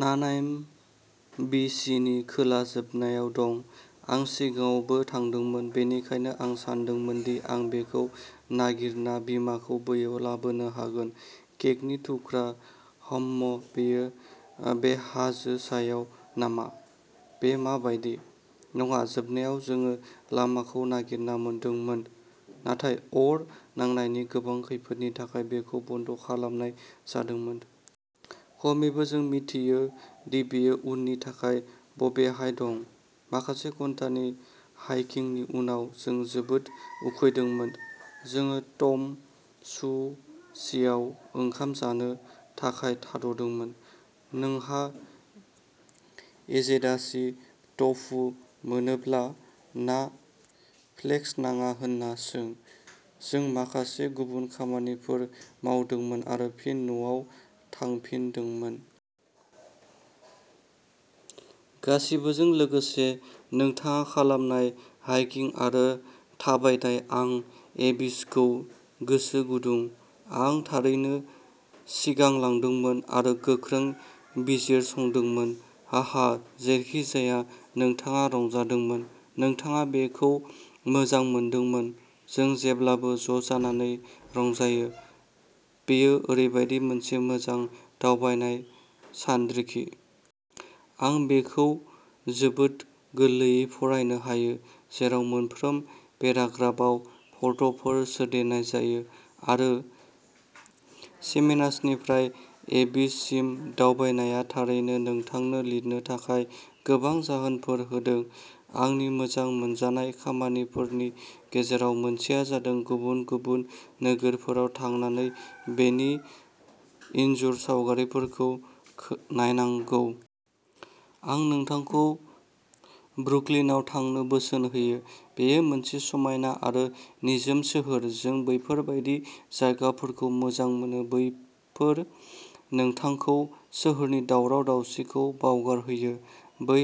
नानाइम'बि सि नि खोला जोबनायाव दं। आं सिगाङावबो थांदोंमोन, बेनिखायनो आं सानदोंमोन दि आं बेखौ नागिरना बिमाखौ बैयाव लाबोनो हागोन। केकनि थुख्रा। हम्म, बेयो बे हाजो सायाव नामा? बे मा बायदि? नङा जोबनायाव जों लामाखौ नागिरना मोनदोंमोन, नाथाय अर नांनायनि गोबां खैफोदनि थाखाय बेखौ बन्द खालामनाय जादोंमोन। खमैबो जों मिथियो दि बेयो उननि थाखाय बबेहाय दं। माखासे घन्टानि हाइकिंनि उनाव, जों जोबोद उखैदोंमोन। जों ट'म'सुशिआव ओंखाम जानो थाखाय थाथ'दोंमोन। नोंहा एजेदाशि ट'फु मोनोब्ला ना फ्लेक्स नाङा होनना सों। जों माखासे गुबुन खामानिफोर मावदोंमोन आरो फिन न'आव थांफिनदोंमोन। गासिबोजों लोगोसे। नोंथाङा खालामनाय हाइकिं आरो थाबायनाय आं एबिसजों गोसो गुदुं। आं थारैनो सिगांलांदोंमोन आरो गोख्रै बिजिरसंदोंमोन। हाहा जेरैखिजाया, नोंथाङा रंजादोंमोन! नोंथाङा बेखौ मोजां मोनदोंमोन! जों जेब्लाबो ज'जानानै रंजायो। बेयो ओरैबायदि मोनसे मोजां दावबायनाय सानरिखि। आं बेखौ जोबोद गोरलैयै फरायनो हायो, जेराव मोनफ्रोम पेराग्राफआव फट'फोर सोदेरनाय जायो। आरो चेमेनासनिफ्राय एबिस सिम दावबायनाया थारैनो नोंथांनो लिरनो थाखाय गोबां जाहोनफोर होदों। आंनि मोजां मोनजानाय खामानिफोरनि गेजेराव मोनसेआ जादों गुबुन-गुबुन नोगोरफोराव थांनानै बैनि इनजुर सावगारिफोरखौ नायनांगौ। आं नोंथांखौ ब्रुकलिनआव थांनो बोसोन होयो, बेयो मोनसे समायना आरो निजोम सोहोर। जों बेफोर बायदि जायगाफोरखौ मोजां मोनो बेफोर नोंथांखौ सोहोरनि दावराव-दावसिखौ बावगारहोयो। बै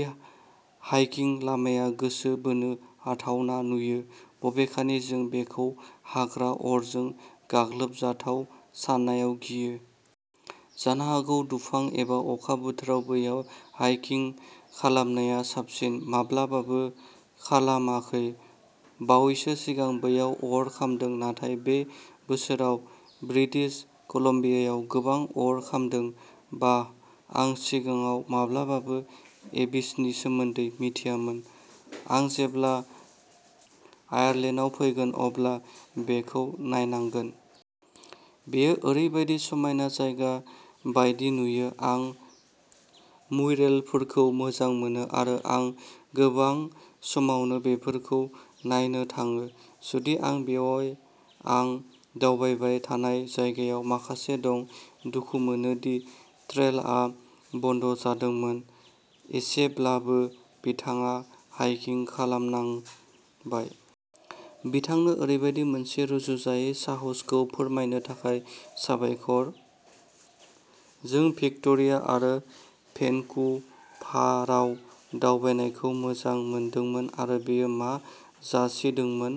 हाइकिं लामाया गोसो बोनो हाथावना नुयो, बबेखानि जों बेखौ हाग्रा अरजों गाग्लोबजाथाव साननायाव गियो। जानो हागौ दुफां एबा अखा बोथोराव बैयाव हाइकिं खालामनाया साबसिन। माब्लाबाबो खालामाखै। बावैसो सिगां बैयाव अर खामदों, नाथाय बे बोसोराव ब्रिटिश कलम्बियायाव गोबां अर खामदों। बाह, आं सिगाङाव माब्लाबाबो एबिसनि सोमोन्दै मिथियामोन। आं जेब्ला आइलेन्डआव फैगोन अब्ला बेखौ नायनांगोन। बेयो ओरैबायदि समायना जायगा बायदि नुयो। आं म्युरेलफोरखौ मोजां मोनो आरो आं गोबां समावनो बेफोरखौ नायनो थाङो, जुदि आं बेयाव आं दावबायबाय थानाय जायगायाव माखासे दं। दुखु मोनो दि ट्रेलआ बन्द जादोंमोन, एसेब्लाबो नोंथाङा हाइकिं खालामनांबाय। नोंथांनो ओरैबायदि मोनसे रुजुजायै साहसखौ फोरमायनो थाखाय साबायखर। जों भिक्ट'रिया आरो भेनकुभाराव दावबायनायखौ मोजां मोनदोंमोन आरो बेयो मा जासिदोंमोन।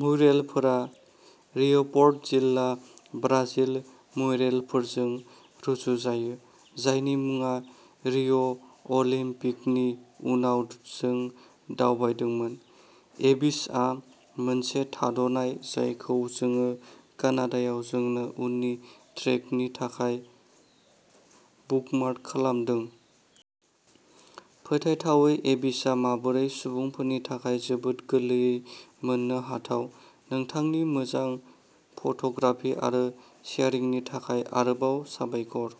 म्युरेलफोरा रिय'पर्ट जिल्ला ब्राजिल म्युरेलफोरजों रुजुजायो, जायनि मुङा रिय'अलिम्पिकनि उनाव जों दावबायदोंमोन। एबिसआ मोनसे थाद'नाय जायखौ जोङो कानाडायाव जों उननि ट्रेकनि थाखाय बुकमार्क खालामदों। फोथायथावै एबिसआ माबोरै सुबुंफोरनि थाखाय जोबोद गोरलैयै मोननो हाथाव। नोंथांनि मोजां फट'ग्राफि आरो शेयारिंनि थाखाय आरोबाव साबायखर।